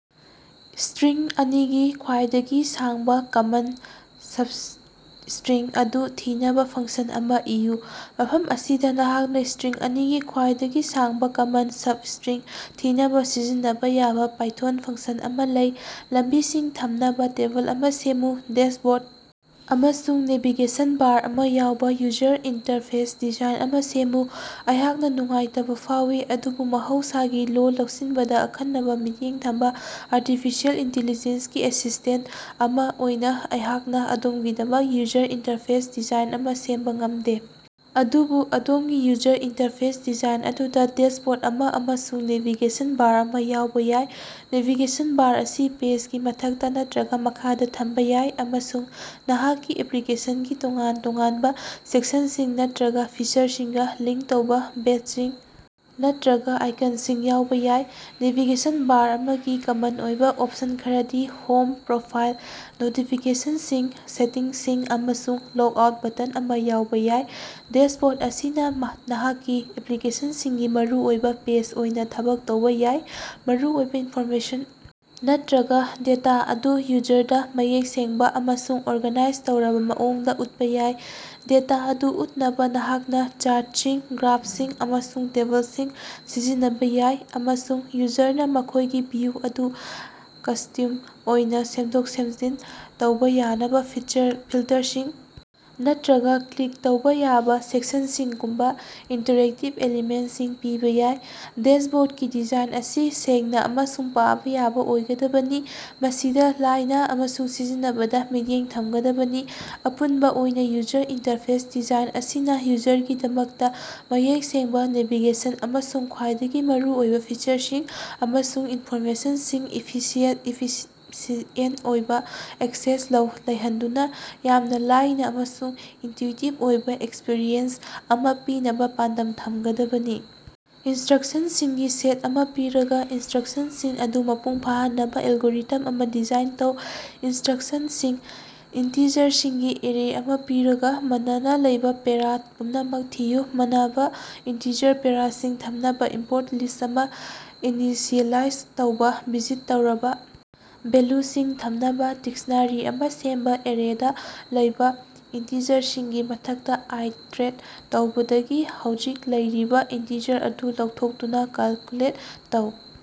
String ꯑꯅꯤꯒꯤ ꯈ꯭ꯋꯥꯏꯗꯒꯤ ꯁꯥꯡꯕꯥ ꯀꯃꯟ substring ꯑꯗꯨ ꯊꯤꯅꯕꯥ ꯐꯪꯁꯟ ꯑꯃꯥ ꯏꯌꯨ꯫ ꯃꯐꯝ ꯑꯁꯤꯗꯥ ꯅꯍꯥꯛꯅꯥ ꯏꯁꯇ꯭ꯔꯤꯡ ꯑꯅꯤꯒꯤ ꯈ꯭ꯋꯥꯏꯗꯒꯤ ꯁꯥꯡꯕꯥ ꯀꯃꯟ ꯁꯕꯏꯁꯇ꯭ꯔꯤꯡ ꯊꯤꯅꯕꯥ ꯁꯤꯖꯤꯟꯅꯕꯥ ꯌꯥꯕꯥ ꯄꯥꯏꯊꯣꯟ ꯐꯪꯁꯟ ꯑꯃꯥ ꯂꯩ꯫ ꯂꯝꯕꯤꯁꯤꯡ ꯊꯝꯅꯕꯥ ꯇꯦꯕꯜ ꯑꯃꯥ ꯁꯦꯝꯃꯨ꯫ ꯗꯦꯁꯕꯣꯔꯗ ꯑꯃꯁꯨꯡ ꯅꯦꯚꯤꯒꯦꯁꯟ ꯕꯥꯔ ꯑꯃꯥ ꯌꯥꯎꯕꯥ ꯌꯨꯖꯔ ꯏꯟꯇꯔꯐꯦꯁ ꯗꯤꯖꯥꯏꯟ ꯑꯃꯥ ꯁꯦꯝꯃꯨ꯫ ꯑꯩꯍꯥꯛꯅꯥ ꯅꯨꯡꯉꯥꯏꯇꯕꯥ ꯐꯥꯎꯏ, ꯑꯗꯨꯕꯨ ꯃꯍꯧꯁꯥꯒꯤ ꯂꯣꯜ ꯂꯧꯁꯤꯟꯕꯗꯥ ꯑꯈꯟꯅꯕꯥ ꯃꯤꯠꯌꯦꯡ ꯊꯝꯕꯥ ꯑꯔꯇꯤꯐꯤꯁꯦꯜ ꯏꯟꯇꯤꯂꯤꯖꯦꯟꯁꯒꯤ ꯑꯦꯁꯤꯁꯇꯦꯟꯇ ꯑꯃꯥ ꯑꯣꯏꯅꯥ ꯑꯩꯍꯥꯛꯅꯥ ꯑꯗꯣꯝꯒꯤꯗꯃꯛ ꯌꯨꯖꯔ ꯏꯟꯇꯔꯐꯦꯁ ꯗꯤꯖꯥꯏꯟ ꯑꯃꯥ ꯁꯦꯝꯕꯥ ꯉꯝꯗꯦ, ꯑꯗꯨꯕꯨ ꯑꯗꯣꯝꯒꯤ ꯌꯨꯖꯔ ꯏꯟꯇꯔꯐꯦꯁ ꯗꯤꯖꯥꯏꯟ ꯑꯗꯨꯗꯥ ꯗꯦꯁꯕꯣꯔꯗ ꯑꯃꯥ ꯑꯃꯁꯨꯡ ꯅꯦꯚꯤꯒꯦꯁꯟ ꯕꯥꯔ ꯑꯃꯥ ꯌꯥꯎꯕꯥ ꯌꯥꯏ꯫ ꯅꯦꯚꯤꯒꯦꯁꯟ ꯕꯥꯔ ꯑꯁꯤ ꯄꯦꯖꯒꯤ ꯃꯊꯛꯇꯥ ꯅꯠꯇ꯭ꯔꯒꯥ ꯃꯈꯥꯗ ꯊꯝꯕꯥ ꯌꯥꯏ ꯑꯃꯁꯨꯡ ꯅꯍꯥꯛꯀꯤ ꯑꯦꯄ꯭ꯂꯤꯀꯦꯁꯟꯒꯤ ꯇꯣꯉꯥꯟ-ꯇꯣꯉꯥꯟꯕꯥ ꯁꯦꯛꯁꯟꯁꯤꯡ ꯅꯠꯇ꯭ꯔꯒꯥ ꯐꯤꯆꯔꯁꯤꯡꯒꯥ ꯂꯤꯡꯀ ꯇꯧꯕꯥ ꯕꯦꯠꯆꯁꯤꯡ ꯅꯠꯇ꯭ꯔꯒꯥ ꯑꯥꯏꯀꯟꯁꯤꯡ ꯌꯥꯎꯕꯥ ꯌꯥꯏ꯫ ꯅꯦꯚꯤꯒꯦꯁꯟ ꯕꯥꯔ ꯑꯃꯒꯤ ꯀꯃꯟ ꯑꯣꯏꯕꯥ ꯑꯣꯞꯁꯟ ꯈꯔꯗꯤ ꯍꯣꯝ, ꯄ꯭ꯔꯣꯐꯥꯏꯜ, ꯅꯣꯇꯤꯐꯤꯀꯦꯁꯟꯁꯤꯡ, ꯁꯦꯇꯤꯡꯁꯤꯡ, ꯑꯃꯁꯨꯡ ꯂꯣꯒꯑꯥꯎꯠ ꯕꯇꯟ ꯑꯃꯥ ꯌꯥꯎꯕꯥ ꯌꯥꯏ꯫ ꯗꯦꯁꯕꯣꯔꯗ ꯑꯁꯤꯅꯥ ꯅꯍꯥꯛꯀꯤ ꯑꯦꯄ꯭ꯂꯤꯀꯦꯁꯟꯒꯤ ꯃꯔꯨꯑꯣꯏꯕꯥ ꯄꯦꯖ ꯑꯣꯏꯅꯥ ꯊꯕꯛ ꯇꯧꯕꯥ ꯌꯥꯏ, ꯃꯔꯨꯑꯣꯏꯕꯥ ꯏꯟꯐꯣꯔꯃꯦꯁꯟ ꯅꯠꯇ꯭ꯔꯒꯥ ꯗꯦꯇꯥ ꯑꯗꯨ ꯌꯨꯖꯔꯗꯥ ꯃꯌꯦꯛ ꯁꯦꯡꯕꯥ ꯑꯃꯁꯨꯡ ꯑꯣꯔꯒꯥꯅꯥꯏꯖ ꯇꯧꯔꯕꯥ ꯃꯑꯣꯡꯗꯥ ꯎꯠꯄꯥ ꯌꯥꯏ꯫ ꯗꯦꯇꯥ ꯑꯗꯨ ꯎꯠꯅꯕꯥ ꯅꯍꯥꯛꯅꯥ ꯆꯥꯔꯇꯁꯤꯡ, ꯒ꯭ꯔꯥꯐꯁꯤꯡ, ꯑꯃꯁꯨꯡ ꯇꯦꯕꯜꯁꯤꯡ ꯁꯤꯖꯤꯟꯅꯕꯥ ꯌꯥꯏ, ꯑꯃꯁꯨꯡ ꯌꯨꯖꯔꯅꯥ ꯃꯈꯣꯏꯒꯤ ꯚꯤꯎ ꯑꯗꯨ ꯀꯁꯇ꯭ꯌꯨꯝ ꯑꯣꯏꯅꯥ ꯁꯦꯝꯗꯣꯛ-ꯁꯦꯝꯖꯤꯟ ꯇꯧꯕꯥ ꯌꯥꯅꯕꯥ ꯐꯤꯆꯔ ꯐꯤꯜꯇꯔꯁꯤꯡ ꯅꯠꯇ꯭ꯔꯒꯥ ꯀ꯭ꯂꯤꯛ ꯇꯧꯕꯥ ꯌꯥꯕꯥ ꯁꯦꯛꯁꯟꯁꯤꯡꯒꯨꯝꯕꯥ ꯏꯟꯇꯔꯦꯛꯇꯤꯕ ꯑꯦꯂꯤꯃꯦꯟꯇꯁꯤꯡ ꯄꯤꯕꯥ ꯌꯥꯏ꯫ ꯗꯦꯁꯕꯣꯔꯗꯀꯤ ꯗꯤꯖꯥꯏꯟ ꯑꯁꯤ ꯁꯦꯡꯅꯥ ꯑꯃꯁꯨꯡ ꯄꯥꯕꯥ ꯌꯥꯕꯥ ꯑꯣꯏꯒꯗꯕꯅꯤ, ꯃꯁꯤꯗꯥ ꯂꯥꯏꯅꯥ ꯑꯃꯁꯨꯡ ꯁꯤꯖꯤꯟꯅꯕꯗꯥ ꯃꯤꯠꯌꯦꯡ ꯊꯃꯒꯗꯕꯅꯤ꯫ ꯑꯄꯨꯟꯕꯥ ꯑꯣꯏꯅꯥ, ꯌꯨꯖꯔ ꯏꯟꯇꯔꯐꯦꯁ ꯗꯤꯖꯥꯏꯟ ꯑꯁꯤꯅꯥ ꯌꯨꯖꯔꯒꯤꯗꯃꯛꯇꯥ ꯃꯌꯦꯛ ꯁꯦꯡꯕꯥ ꯅꯦꯚꯤꯒꯦꯁꯟ ꯑꯃꯁꯨꯡ ꯈ꯭ꯋꯥꯏꯗꯒꯤ ꯃꯔꯨꯑꯣꯏꯕꯥ ꯐꯤꯆꯔꯁꯤꯡ ꯑꯃꯁꯨꯡ ꯏꯟꯐꯣꯔꯃꯦꯁꯟꯁꯤꯡ ꯏꯐꯤꯁꯤꯌꯦꯠ ꯏꯐꯤꯁꯤꯑꯦꯟꯇ ꯑꯣꯏꯕꯥ ꯑꯦꯛꯁꯦꯁ ꯂꯩꯍꯟꯗꯨꯅꯥ, ꯌꯥꯝꯅꯥ ꯂꯥꯏꯅꯥ ꯑꯃꯁꯨꯡ ꯏꯟꯇꯨꯏꯇꯤꯚ ꯑꯣꯏꯕꯥ ꯑꯦꯛꯁꯄꯤꯔꯤꯑꯦꯟꯁ ꯑꯃꯥ ꯄꯤꯅꯕꯥ ꯄꯥꯟꯗꯝ ꯊꯃꯒꯗꯕꯅꯤ꯫ ꯏꯟꯁꯇ꯭ꯔꯛꯁꯟꯁꯤꯡꯒꯤ ꯁꯦꯠ ꯑꯃꯥ ꯄꯤꯔꯒꯥ, ꯏꯟꯁꯇ꯭ꯔꯛꯁꯟꯁꯤꯡ ꯑꯗꯨ ꯃꯄꯨꯡ ꯐꯥꯍꯟꯅꯕꯥ ꯑꯦꯜꯒꯣꯔꯤꯊꯝ ꯑꯃꯥ ꯗꯤꯖꯥꯏꯟ ꯇꯧ꯫ ꯏꯟꯁꯇ꯭ꯔꯛꯁꯟꯁꯤꯡ: ꯏꯟꯇꯤꯖꯔꯁꯤꯡꯒꯤ ꯑꯦꯔꯦ ꯑꯃꯥ ꯄꯤꯔꯒꯥ, ꯃꯅꯥꯅ ꯂꯩꯕꯥ ꯄꯦꯔꯥ ꯄꯨꯝꯅꯃꯛ ꯊꯤꯌꯨ꯫ ꯃꯅꯥꯕ ꯏꯟꯇꯤꯖꯔ ꯄꯦꯔꯥꯁꯤꯡ ꯊꯝꯅꯕꯥ ꯏꯝꯄꯣꯔꯠ ꯂꯤꯁ ꯑꯃꯥ ꯏꯅꯤꯁꯤꯑꯦꯂꯥꯏꯖ ꯇꯧꯕꯥ ꯚꯤꯖꯤꯠ ꯇꯧꯔꯕꯥ ꯚꯦꯜꯂꯨꯁꯤꯡ ꯊꯝꯅꯕꯥ ꯗꯤꯛꯁꯅꯥꯔꯤ ꯑꯃꯥ ꯁꯦꯝꯕꯥ ꯑꯦꯔꯦꯗꯥ ꯂꯩꯕꯥ ꯏꯟꯇꯤꯖꯔꯁꯤꯡꯒꯤ ꯃꯊꯛꯇꯥ ꯑꯥꯏꯇ꯭ꯔꯦꯠ ꯇꯧꯕꯥꯗꯒꯤ ꯍꯧꯖꯤꯛ ꯂꯩꯔꯤꯕꯥ ꯏꯟꯇꯤꯖꯔ ꯑꯗꯨ ꯂꯧꯊꯣꯛꯇꯨꯅꯥ ꯀꯦꯜꯀꯨꯂꯦꯠ ꯇꯧ꯫